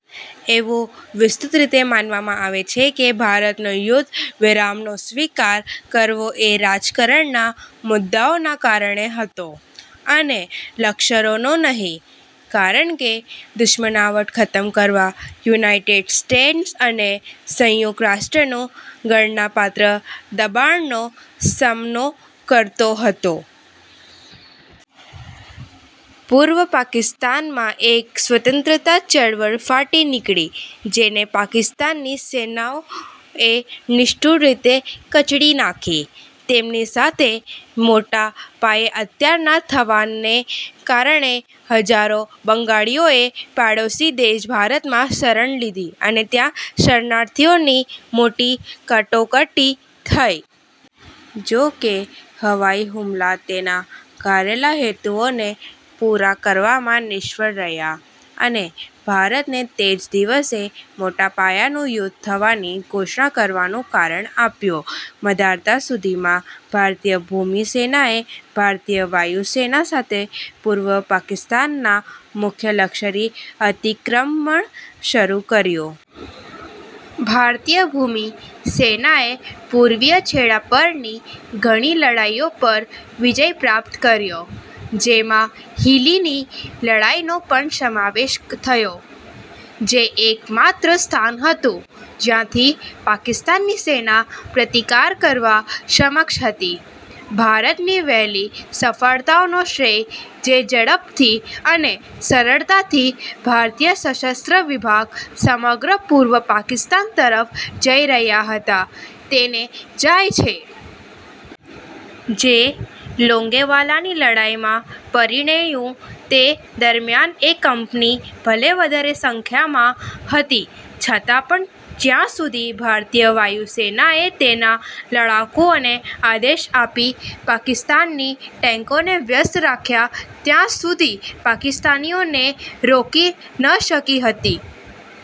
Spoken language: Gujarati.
એવું વિસ્તુત રીતે માનવામાં આવે છે કે ભારતનો યુદ્ધ વિરામનો સ્વીકાર કરવો એ રાજકારણના મુદ્દાઓના કારણે હતો, અને લશ્કરોનો નહીં, કારણ કે દુશ્મનાવટ ખતમ કરવા યુનાઇટેડ સ્ટેટ્સ અને સંયુકત રાષ્ટ્રોનું ગણનાપાત્ર દબાણનો સામનો કરતો હતો.। પૂર્વ પાકિસ્તાનમાં એક સ્વતંત્રતા ચળવળ ફાટી નીકળી જેને પાકિસ્તાની સેનાઓએ નિષ્ઠુર રીતે કચડી નાખી. તેમની સાથે મોટા પાયે અત્યારના થવાને કારણે, હજારો બંગાળીઓએ પાડોશી દેશ ભારતમાં શરણ લીધી અને ત્યાં શરણાર્થીઓની મોટી કટોકટી થઈ. કે હવાઈ હુમલા તેના કારેલા હેતુઓને પૂરા કરવામાં નિષ્ફળ રહ્યા અને ભારતને તે જ દિવસે મોટાપાયાનું યુદ્ધ થવાની ઘોષણા કરવાનું કારણ આપ્યું. મધાતા સુધીમાં ભારતીય ભૂમિ સેનાએ ભારતીય વાયુ સેના સાથે પૂર્વ પાકિસ્તામાંના મુખ્ય લશ્કરી અતિક્રમણ શરૂ કર્યું. ભારતીય ભૂમિ સેનાએ પૂર્વીય છેડા પરની ઘણી લડાઈઓ પર વિજય પ્રાપ્ત કર્યો જેમાં હિલીની લડાઈનો પણ સમાવેશ થયો, જે એક માત્ર સ્થાન હતું જ્યાંથી પાકિસ્તાની સેના પ્રતિકાર કરવા સમક્ષ હતી. ભારતની વહેલી સફળતાઓનો શ્રેય જે ઝડપથી અને સરળતાથી ભારતીય સશસ્ત્ર વિભાગ સમગ્ર પૂર્વ પાકિસ્તાન તરફ જઈ રહ્યા હતા તેને જાય છે. જે લોંગેવાલાની લડાઈમાં પરીણ્યું તે દરમિયાન એ કંપની ભલે વધારે સંખ્યામાં હતી છતાં પણ જ્યાં સુધી ભારતીય વાયુ સેનાએ તેના લડાકુઓને આદેશ આપી પાકિસ્તાની ટેન્કોને વ્યસ્ત રાખ્યા ત્યાં સુધી પાકિસ્તાનીઓને રોકી ન શકી હતી.